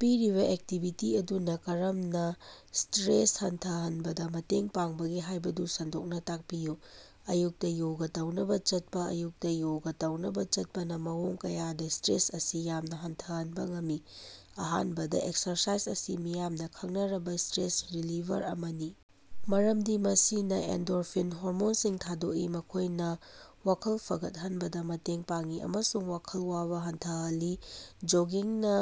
ꯄꯤꯔꯤꯕ ꯑꯦꯛꯇꯤꯚꯤꯇꯤ ꯑꯗꯨꯅ ꯀꯔꯝꯅ ꯁ꯭ꯇꯔꯦꯁ ꯍꯟꯊꯍꯟꯕꯗ ꯃꯇꯦꯡ ꯄꯥꯡꯕꯒꯦ ꯍꯥꯏꯕꯗꯨ ꯁꯟꯗꯣꯛꯅ ꯇꯥꯛꯄꯤꯌꯨ꯫ ꯑꯌꯨꯛꯇ ꯌꯣꯒ ꯇꯧꯅꯕ ꯆꯠꯄ- ꯑꯌꯨꯛꯇ ꯌꯣꯒ ꯇꯧꯅꯕ ꯆꯠꯄꯅ ꯃꯑꯣꯡ ꯀꯌꯥꯗ ꯁ꯭ꯇꯔꯦꯁ ꯑꯁꯤ ꯌꯥꯝꯅ ꯍꯟꯊꯍꯟꯕ ꯉꯝꯃꯤ꯫ ꯑꯍꯥꯟꯕꯗ, ꯑꯦꯛꯁꯔꯁꯥꯏꯖ ꯑꯁꯤ ꯃꯤꯌꯥꯝꯅ ꯈꯪꯅꯔꯕ ꯁ꯭ꯇꯔꯦꯁ-ꯔꯤꯂꯤꯚꯔ ꯑꯃꯅꯤ ꯃꯔꯝꯗꯤ ꯃꯁꯤꯅ ꯑꯦꯟꯗꯣꯔꯐꯤꯟ ꯍꯣꯔꯃꯣꯟꯁꯤꯡ ꯊꯥꯗꯣꯛꯏ꯫ ꯃꯈꯣꯏꯅ ꯋꯥꯈꯜ ꯐꯒꯠꯍꯟꯕꯗ ꯃꯇꯦꯡ ꯄꯥꯡꯉꯤ ꯑꯃꯁꯨꯡ ꯋꯥꯈꯜ ꯋꯥꯕ ꯍꯟꯊꯍꯜꯂꯤ꯫ ꯖꯣꯒꯤꯡꯅ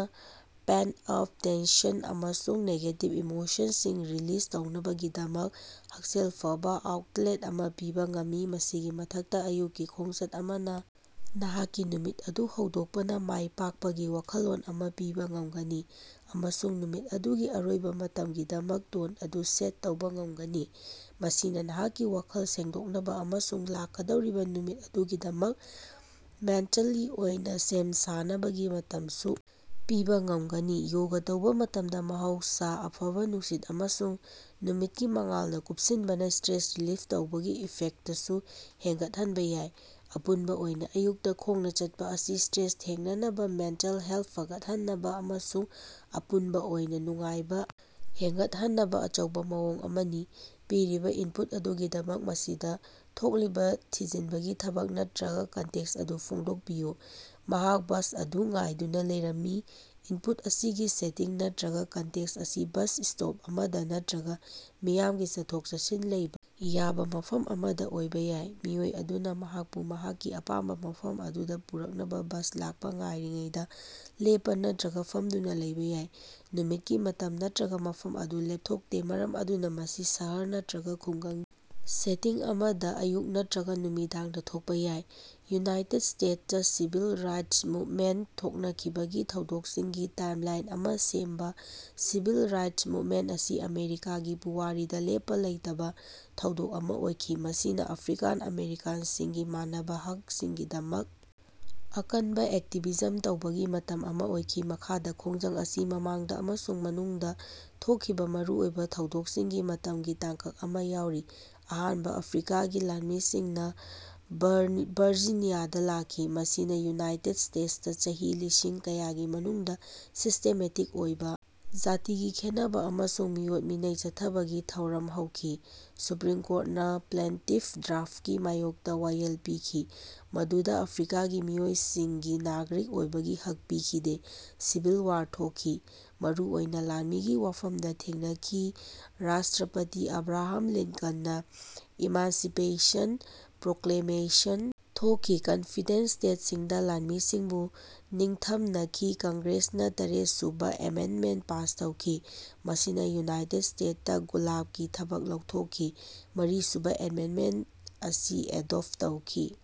ꯄꯦꯟꯇ-ꯑꯞ ꯇꯦꯟꯁꯟ ꯑꯃꯁꯨꯡ ꯅꯦꯒꯦꯇꯤꯚ ꯏꯃꯣꯁꯟꯁꯤꯡ ꯔꯤꯂꯤꯖ ꯇꯧꯅꯕꯒꯤꯗꯃꯛ ꯍꯛꯁꯦꯜ ꯐꯕ ꯑꯥꯎꯇꯂꯦꯠ ꯑꯃ ꯄꯤꯕ ꯉꯝꯃꯤ꯫ ꯃꯁꯤꯒꯤ ꯃꯊꯛꯇ ꯑꯌꯨꯛꯀꯤ ꯈꯣꯡꯆꯠ ꯑꯃꯅ ꯅꯍꯥꯛꯀꯤ ꯅꯨꯃꯤꯠ ꯑꯗꯨ ꯍꯧꯗꯣꯛꯄꯅ ꯃꯥꯏ ꯄꯥꯛꯄꯒꯤ ꯋꯥꯈꯜꯂꯣꯟ ꯑꯃ ꯄꯤꯕ ꯉꯝꯒꯅꯤ ꯑꯃꯁꯨꯡ ꯅꯨꯃꯤꯠ ꯑꯗꯨꯒꯤ ꯑꯔꯣꯏꯕ ꯃꯇꯝꯒꯤꯗꯃꯛ ꯇꯣꯟ ꯑꯗꯨ ꯁꯦꯠ ꯇꯧꯕ ꯉꯝꯒꯅꯤ꯫ ꯃꯁꯤꯅ ꯅꯍꯥꯛꯀꯤ ꯋꯥꯈꯜ ꯁꯦꯡꯗꯣꯛꯅꯕ ꯑꯃꯁꯨꯡ ꯂꯥꯛꯀꯗꯧꯔꯤꯕ ꯅꯨꯃꯤꯠ ꯑꯗꯨꯒꯤꯗꯃꯛ ꯃꯦꯟꯇꯜꯂꯤ ꯑꯣꯏꯅ ꯁꯦꯝ ꯁꯥꯅꯕꯒꯤ ꯃꯇꯝꯁꯨ ꯄꯤꯕ ꯉꯝꯒꯅꯤ꯫ ꯌꯣꯒ ꯇꯧꯕ ꯃꯇꯝꯗ ꯃꯍꯧꯁꯥ, ꯑꯐꯕ ꯅꯨꯡꯁꯤꯠ ꯑꯃꯁꯨꯡ ꯅꯨꯃꯤꯠꯀꯤ ꯃꯉꯥꯜꯅ ꯀꯨꯞꯁꯤꯟꯕꯅ ꯁ꯭ꯇꯔꯦꯁ ꯔꯤꯂꯤꯐ ꯇꯧꯕꯒꯤ ꯏꯐꯦꯛꯇꯁꯨ ꯍꯦꯟꯒꯠꯍꯟꯕ ꯌꯥꯏ꯫ ꯑꯄꯨꯟꯕ ꯑꯣꯏꯅ, ꯑꯌꯨꯛꯇ ꯈꯣꯡꯅ ꯆꯠꯄ ꯑꯁꯤ ꯁ꯭ꯇꯔꯦꯁ ꯊꯦꯡꯅꯅꯕ, ꯃꯦꯟꯇꯜ ꯍꯦꯜꯊ ꯐꯒꯠꯍꯟꯅꯕ ꯑꯃꯁꯨꯡ ꯑꯄꯨꯟꯕ ꯑꯣꯏꯅ ꯅꯨꯡꯉꯥꯏꯕ ꯍꯦꯟꯒꯠꯍꯟꯅꯕ ꯑꯆꯧꯕ ꯃꯑꯣꯡ ꯑꯃꯅꯤ꯫ ꯄꯤꯔꯤꯕ ꯏꯟꯄꯨꯠ ꯑꯗꯨꯒꯤꯗꯃꯛ ꯃꯁꯤꯗ ꯊꯣꯛꯂꯤꯕ ꯊꯤꯖꯤꯟꯕꯒꯤ ꯊꯕꯛ ꯅꯠꯇ꯭ꯔꯒ ꯀꯟꯇꯦꯛꯁ ꯑꯗꯨ ꯐꯣꯡꯗꯣꯀꯄꯤꯌꯨ꯫ ꯃꯍꯥꯛ ꯕꯁ ꯑꯗꯨ ꯉꯥꯏꯗꯨꯅ ꯂꯩꯔꯝꯃꯤ꯫ ꯏꯟꯄꯨꯠ ꯑꯁꯤꯒꯤ ꯁꯦꯇꯤꯡ ꯅꯠꯇ꯭ꯔꯒ ꯀꯟꯇꯦꯛꯁ ꯑꯁꯤ ꯕꯁ ꯁ꯭ꯇꯣꯞ ꯑꯃꯗ ꯅꯠꯇ꯭ꯔꯒ ꯃꯤꯌꯥꯝꯒꯤ ꯆꯠꯊꯣꯛ-ꯆꯠꯁꯤꯟ ꯂꯩꯕ ꯌꯥꯕ ꯃꯐꯝ ꯑꯃꯗ ꯑꯣꯏꯕ ꯌꯥꯏ꯫ ꯃꯤꯑꯣꯏ ꯑꯗꯨꯅ ꯃꯍꯥꯛꯄꯨ ꯃꯍꯥꯛꯀꯤ ꯑꯄꯥꯝꯕ ꯃꯐꯝ ꯑꯗꯨꯗ ꯄꯨꯔꯛꯅꯕ ꯕꯁ ꯂꯥꯛꯄ ꯉꯥꯏꯔꯤꯉꯩꯗ ꯂꯦꯞꯄ ꯅꯠꯇ꯭ꯔꯒ ꯐꯝꯗꯨꯅ ꯂꯩꯕ ꯌꯥꯏ꯫ ꯅꯨꯃꯤꯠꯀꯤ ꯃꯇꯝ ꯅꯠꯇ꯭ꯔꯒ ꯃꯐꯝ ꯑꯗꯨ ꯂꯦꯞꯊꯣꯛꯇꯦ ꯃꯔꯝ ꯑꯗꯨꯅ ꯃꯁꯤ ꯁꯍꯔ ꯅꯠꯇ꯭ꯔꯒ ꯈꯨꯡꯒꯪꯒꯤ ꯁꯦꯇꯤꯡ ꯑꯃꯗ, ꯑꯌꯨꯛ ꯅꯠꯇ꯭ꯔꯒ ꯅꯨꯃꯤꯗꯥꯡꯗ ꯊꯣꯛꯄ ꯌꯥꯏ꯫ ꯌꯨꯅꯥꯏꯇꯦꯗ ꯁ꯭ꯇꯦꯠꯁꯇ ꯁꯤꯚꯤꯜ ꯔꯥꯏꯠꯁ ꯃꯨꯚꯃꯦꯟꯇ ꯊꯣꯛꯅꯈꯤꯕ ꯊꯧꯗꯣꯛꯁꯤꯡꯒꯤ ꯇꯥꯏꯝꯂꯥꯏꯟ ꯑꯃ ꯁꯦꯝꯕ- ꯁꯤꯚꯤꯜ ꯔꯥꯏꯠꯁ ꯃꯨꯚꯃꯦꯟꯇ ꯑꯁꯤ ꯑꯃꯦꯔꯤꯀꯥꯒꯤ ꯄꯨꯋꯥꯔꯤꯗ ꯂꯦꯞꯄ ꯂꯩꯇꯕ ꯊꯧꯗꯣꯛ ꯑꯃ ꯑꯣꯏꯈꯤ꯫ ꯃꯁꯤꯅ ꯑꯐ꯭ꯔꯤꯀꯥꯟ ꯑꯃꯦꯔꯤꯀꯥꯟꯁꯤꯡꯒꯤ ꯃꯥꯟꯅꯕ ꯍꯛꯁꯤꯡꯒꯤꯗꯃꯛ ꯑꯀꯟꯕ ꯑꯦꯛꯇꯤꯚꯤꯖꯝ ꯇꯧꯕꯒꯤ ꯃꯇꯝ ꯑꯃꯥ ꯑꯣꯏꯈꯤ꯫ ꯃꯈꯥꯗ ꯈꯣꯡꯖꯪ ꯑꯁꯤꯒꯤ ꯃꯃꯥꯡꯗ ꯑꯃꯁꯨꯡ ꯃꯅꯨꯡꯗ ꯊꯣꯛꯈꯤꯕ ꯃꯔꯨꯑꯣꯏꯕ ꯊꯧꯗꯣꯛꯁꯤꯡꯒꯤ ꯃꯇꯝꯒꯤ ꯇꯥꯡꯀꯛ ꯑꯃ ꯌꯥꯎꯔꯤ꯫ ꯑꯍꯥꯟꯕ ꯑꯐ꯭ꯔꯤꯀꯥꯒꯤ ꯂꯥꯟꯃꯤꯁꯤꯡꯅ ꯚꯔꯖꯤꯅꯤꯌꯥꯗ ꯂꯥꯛꯈꯤ꯫ ꯃꯁꯤꯅ ꯌꯨꯅꯥꯏꯇꯦꯗ ꯁ꯭ꯇꯦꯠꯁꯇ ꯆꯍꯤ ꯂꯤꯁꯤꯡ ꯀꯌꯥꯒꯤ ꯃꯅꯨꯡꯗ ꯁꯤꯁ꯭ꯇꯦꯃꯦꯇꯤꯛ ꯑꯣꯏꯕ ꯖꯥꯇꯤꯒꯤ ꯈꯦꯟꯅꯕ ꯑꯃꯁꯨꯡ ꯃꯤꯑꯣꯠ-ꯃꯤꯅꯩ ꯆꯠꯊꯕꯒꯤ ꯊꯧꯔꯝ ꯍꯧꯈꯤ꯫ ꯁꯨꯄ꯭ꯔꯤꯝ ꯀꯣꯔꯇꯅ ꯄ꯭ꯂꯦꯟꯇꯤꯐ ꯗ꯭ꯔꯥꯐꯠꯀꯤ ꯃꯥꯌꯣꯛꯇ ꯋꯥꯌꯦꯜ ꯄꯤꯈꯤ꯫ ꯃꯗꯨꯗ ꯑꯐ꯭ꯔꯤꯀꯥꯒꯤ ꯃꯤꯑꯣꯏꯁꯤꯡꯒꯤ ꯅꯥꯒ꯭ꯔꯤꯛ ꯑꯣꯏꯕꯒꯤ ꯍꯛ ꯄꯤꯈꯤꯗꯦ꯫ ꯁꯤꯚꯤꯜ ꯋꯥꯔ ꯊꯣꯛꯈꯤ꯫ ꯃꯔꯨꯑꯣꯏꯅ ꯂꯥꯟꯃꯤꯒꯤ ꯋꯥꯐꯝꯗ ꯂꯥꯟꯊꯦꯡꯅꯈꯤ꯫ ꯔꯥꯁꯇ꯭ꯔꯄꯇꯤ ꯑꯕ꯭ꯔꯥꯍꯥꯝ ꯂꯤꯟꯀꯟꯅ ꯏꯃꯥꯟꯁꯤꯄꯦꯁꯟ ꯄ꯭ꯔꯣꯀ꯭ꯂꯦꯃꯦꯁꯟ ꯊꯣꯛꯈꯤ꯫ ꯀꯣꯟꯐꯤꯗꯔꯦꯠ ꯁ꯭ꯇꯦꯠꯁꯤꯡꯗ ꯂꯥꯟꯃꯤꯁꯤꯡꯕꯨ ꯅꯤꯡꯊꯝꯅꯈꯤ꯫ ꯀꯪꯒ꯭ꯔꯦꯁꯅ ꯇꯔꯦꯠꯁꯨꯕ ꯑꯦꯃꯦꯟꯗꯃꯦꯟꯇ ꯄꯥꯁ ꯇꯧꯈꯤ꯫ ꯃꯁꯤꯅ ꯌꯨꯅꯥꯏꯇꯦꯗ ꯁ꯭ꯇꯦꯇꯁꯇ ꯒꯨꯂꯥꯕꯀꯤ ꯊꯕꯛ ꯂꯧꯊꯣꯛꯈꯤ꯫ ꯃꯔꯤꯁꯨꯕ ꯑꯦꯃꯦꯟꯗꯃꯦꯟꯇ ꯑꯁꯤ ꯑꯦꯗꯣꯞꯇ ꯇꯧꯈꯤ꯫